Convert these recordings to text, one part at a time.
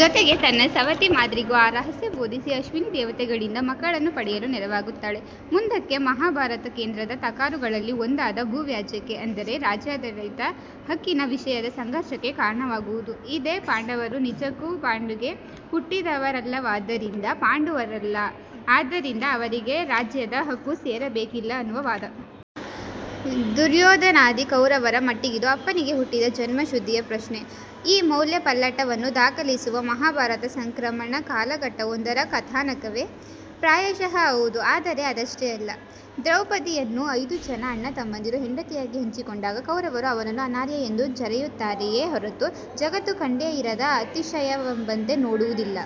ಜೊತೆಗೆ ತನ್ನ ಸವತಿ ಮಾದ್ರಿಗೂ ಆ ರಹಸ್ಯ ಬೋಧಿಸಿ ಅಶ್ವಿನಿ ದೇವತೆಗಳಿಂದ ಮಕ್ಕಳನ್ನು ಪಡೆಯಲು ನೆರವಾಗುತ್ತಾಳೆ. ಮುಂದಕ್ಕೆ ಮಹಾಭಾರತದ ಕೇಂದ್ರ ತಕರಾರುಗಳಲ್ಲಿ ಒಂದಾದ ಭೂ ವ್ಯಾಜ್ಯಕ್ಕೆ- ಅಂದರೆ ರಾಜ್ಯಾಡಳಿತದ ಹಕ್ಕಿನ ವಿಷಯದ ಸಂಘರ್ಷಕ್ಕೆ ಕಾರಣವಾಗುವುದು ಇದೇ- ಪಾಂಡವರು ನಿಜಕ್ಕೂ ಪಾಂಡುಗೆ ಹುಟ್ಟಿದವರಲ್ಲವಾದ್ದರಿಂದ ಪಾಂಡವರಲ್ಲ. ಆದ್ದರಿಂದ ಅವರಿಗೆ ರಾಜ್ಯದ ಹಕ್ಕು ಸೇರಬೇಕಿಲ್ಲ ಅನ್ನುವ ವಾದ. ದುರ್ಯೊಧನಾದಿ ಕೌರವರ ಮಟ್ಟಿಗಿದು ಅಪ್ಪನಿಗೆ ಹುಟ್ಟಿದ ಜನ್ಮಶುದ್ಧಿಯ ಪ್ರಶ್ನೆ. ಈ ಮೌಲ್ಯಪಲ್ಲಟವನ್ನು ದಾಖಲಿಸುವ ಮಹಾಭಾರತ- ಸಂಕ್ರಮಣ ಕಾಲಘಟ್ಟವೊಂದರ ಕಥಾನಕವೇ? ಪ್ರಾಯಶಃ ಹೌದು ಆದರೆ ಅದಷ್ಟೇ ಅಲ್ಲ. ದ್ರೌಪದಿ ಯನ್ನು ಐದೂ ಜನ ಅಣ್ಣ ತಮ್ಮಂದಿರು ಹೆಂಡತಿಯಾಗಿ ಹಂಚಿಕೊಂಡಾಗ ಕೌರವರು ಅವರನ್ನು ಅನಾರ್ಯ ಎಂದು ಜರೆಯುತ್ತಾರೆಯೇ ಹೊರತು, ಜಗತ್ತು ಕಂಡೇ ಇರದ ಅತಿಶಯವೆಂಬಂತೆ ನೋಡುವುದಿಲ್ಲ.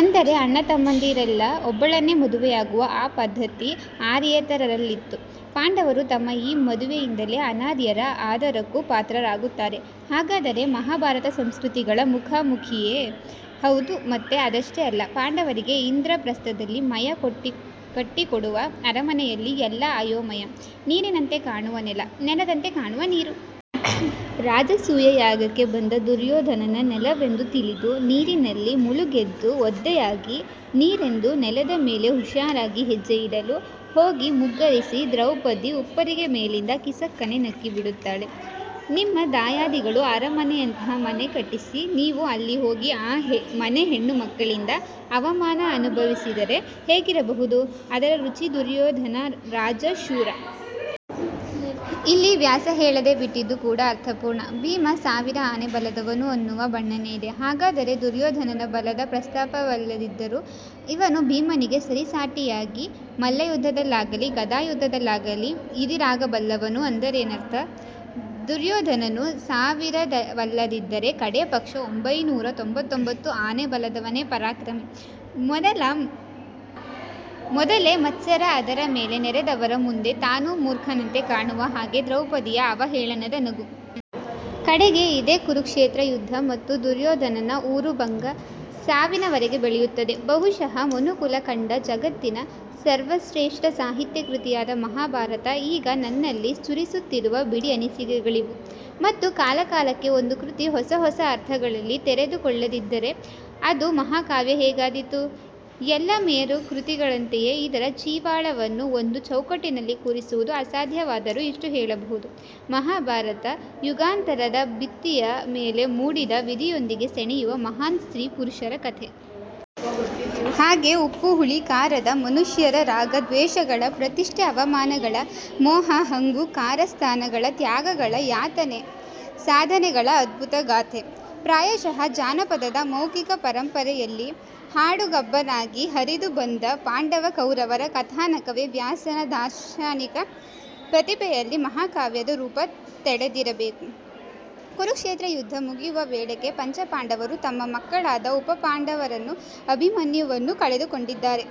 ಅಂದರೆ ಅಣ್ಣತಮ್ಮಂದಿರೆಲ್ಲ ಒಬ್ಬಳನ್ನೇ ಮದುವೆಯಾಗುವ ಆ ಪದ್ಧತಿ ಆರ್ಯೇತರರಲ್ಲಿತ್ತು. ಪಾಂಡವರು ತಮ್ಮ ಈ ಮದುವೆಯಿಂದಲೇ ಅನಾರ್ಯರ ಆದರಕ್ಕೂ ಪಾತ್ರರಾಗುತ್ತಾರೆ. ಹಾಗಾದರೆ ಮಹಾಭಾರತ- ಸಂಸ್ಕೃತಿಗಳ ಮುಖಾಮುಖಿಯೇ? ಹೌದು ಮತ್ತೆ ಅದಷ್ಟೇ ಅಲ್ಲ ಪಾಂಡವರಿಗೆ ಇಂದ್ರಪ್ರಸ್ಥದಲ್ಲಿ ಮಯ ಕಟ್ಟಿಕೊಡುವ ಅರಮನೆಯಲ್ಲಿ ಎಲ್ಲ ಅಯೋಮಯ. ನೀರಿನಂತೆ ಕಾಣುವ ನೆಲ, ನೆಲದಂತೆ ಕಾಣುವ ನೀರು. ರಾಜಸೂಯ ಯಾಗಕ್ಕೆ ಬಂದ ದುರ್ಯೋಧನನ ನೆಲವೆಂದು ತಿಳಿದು ನೀರಿನಲ್ಲಿ ಮುಳುಗೆದ್ದು ಒದ್ದೆಯಾಗಿ ನೀರೆಂದು ನೆಲದ ಮೇಲೆ ಹುಷಾರಾಗಿ ಹೆಜ್ಜೆಯಿಡಲು ಹೋಗಿ ಮುಗ್ಗರಿಸಿ ದ್ರೌಪದಿ ಉಪ್ಪರಿಗೆ ಮೇಲಿನಿಂದ ಕಿಸಕ್ಕನೆ ನಕ್ಕುಬಿಡುತ್ತಾಳೆ. ನಿಮ್ಮ ದಾಯಾದಿಗಳು ಅರಮನೆಯಂಥ ಮನೆ ಕಟ್ಟಿಸಿ, ನೀವು ಅಲ್ಲಿ ಹೋಗಿ ಆ ಮನೆ ಹೆಣ್ಣುಮಕ್ಕಳಿಂದ ಅವಮಾನ ಅನುಭವಿಸಿದರೆ ಹೇಗಿರಬಹುದು ಅದರ ರುಚಿ ದುರ್ಯೋಧನ ರಾಜ, ಶೂರ. ಇಲ್ಲಿ ವ್ಯಾಸ ಹೇಳದೇ ಬಿಟ್ಟಿದ್ದು ಕೂಡಾ ಅರ್ಥಪೂರ್ಣ. ಭೀಮ ಸಾವಿರ ಆನೆ ಬಲದವನು ಅನ್ನುವ ಬಣ್ಣನೆಯಿದೆ. ಹಾಗಾದರೆ ದುರ್ಯೋಧನನ ಬಲದ ಪ್ರಸ್ತಾಪವಿಲ್ಲದಿದ್ದರೂ- ಇವನು ಭೀಮನಿಗೆ ಸರಿಸಾಟಿಯಾಗಿ ಮಲ್ಲಯುದ್ಧದಲ್ಲಾಗಲೀ ಗಧಾಯುದ್ಧದಲ್ಲಾಗಲೀ ಇದಿರಾಗಬಲ್ಲವನು. ಅಂದರೇನರ್ಥ? ದುರ್ಯೋಧನನೂ ಸಾವಿರವಲ್ಲದಿದ್ದರೆ ಕಡೇ ಪಕ್ಷ ಒಂಭೈನೂರ ತೊಂಭತ್ತೊಂಭತ್ತು ಆನೆ ಬಲದವನೇ ಪರಾಕ್ರಮಿ. ಮೊದಲೇ ಮತ್ಸರ ಅದರ ಮೇಲೆ ನೆರೆದವರ ಮುಂದೆ ತಾನು ಮೂರ್ಖನಂತೆ ಕಾಣುವ ಹಾಗೆ ದ್ರೌಪದಿಯ ಅವಹೇಳನದ ನಗು. ಕಡೆಗೆ ಇದೇ ಕುರುಕ್ಷೇತ್ರ ಯುದ್ಧ ಮತ್ತು ದುರೋಧನನ ಊರುಭಂಗ- ಸಾವಿನವರೆಗೆ ಬೆಳೆಯುತ್ತದೆ. ಬಹುಶಃ ಮನುಕುಲ ಕಂಡ ಜಗತ್ತಿನ ಸರ್ವಶ್ರೇಷ್ಠ ಸಾಹಿತ್ಯಕೃತಿಯಾದ ಮಹಾಭಾರತ ಈಗ ನನ್ನಲ್ಲಿ ಸ್ಫುರಿಸುತ್ತಿರುವ ಬಿಡಿ ಅನಿಸಿಕೆಗಳಿವು. ಮತ್ತು ಕಾಲಕಾಲಕ್ಕೆ ಒಂದು ಕೃತಿ ಹೊಸ ಹೊಸ ಅರ್ಥಗಳಲ್ಲಿ ತೆರೆದುಕೊಳ್ಳದಿದ್ದರೆ ಅದು ಮಹಾಕಾವ್ಯ ಹೇಗಾದೀತು? ಎಲ್ಲ ಮೇರು ಕೃತಿಗಳಂತೆಯೇ, ಇದರ ಜೀವಾಳವನ್ನು ಒಂದು ಚೌಕಟ್ಟಿನಲ್ಲಿ ಕೂರಿಸುವುದು ಅಸಾಧ್ಯವಾದರೂ ಇಷ್ಟು ಹೇಳಬಹುದು: ಮಹಾಭಾರತ- ಯುಗಾಂತರದ ಭಿತ್ತಿಯ ಮೇಲೆ ಮೂಡಿದ- ವಿಧಿಯೊಂದಿಗೆ ಸೆಣೆಸುವ ಮಹಾನ್ ಸ್ತ್ರೀ ಪುರುಷರ ಕಥೆ. ಹಾಗೇ- ಉಪ್ಪು ಹುಳಿ ಖಾರದ ಮನುಷ್ಯರ ರಾಗ ದ್ವೇಷಗಳ, ಪ್ರತಿಷ್ಠೆ- ಅವಮಾನಗಳ, ಮೋಹ ಹಂಗು ಕಾರಸ್ಥಾನಗಳ, ತ್ಯಾಗಗಳ, ಯಾತನೆ- ಸಾಧನೆಗಳ ಅದ್ಭುತ ಗಾಥೆ. ಪ್ರಾಯಶಃ ಜಾನಪದದ ಮೌಖಿಕ ಪರಂಪರೆಯಲ್ಲಿ ಹಾಡುಗಬ್ಬವಾಗಿ ಹರಿದುಬಂದ ಪಾಂಡವ, ಕೌರವರ ಕಥಾನಕವೇ ವ್ಯಾಸನ ದಾರ್ಶನಿಕ ಪ್ರತಿಭೆಯಲ್ಲಿ ಮಹಾಕಾವ್ಯದ ರೂಪ ತಳೆದಿರಬೇಕು. ಕುರುಕ್ಷೇತ್ರ ಯುದ್ಧ ಮುಗಿಯುವ ವೇಳೆಗೆ ಪಂಚಪಾಂಡವರು ತಮ್ಮ ಮಕ್ಕಳಾದ ಉಪಪಾಂಡವರನ್ನು, ಅಭಿಮನ್ಯುವನ್ನು ಕಳೆದುಕೊಂಡಿದ್ದಾರೆ.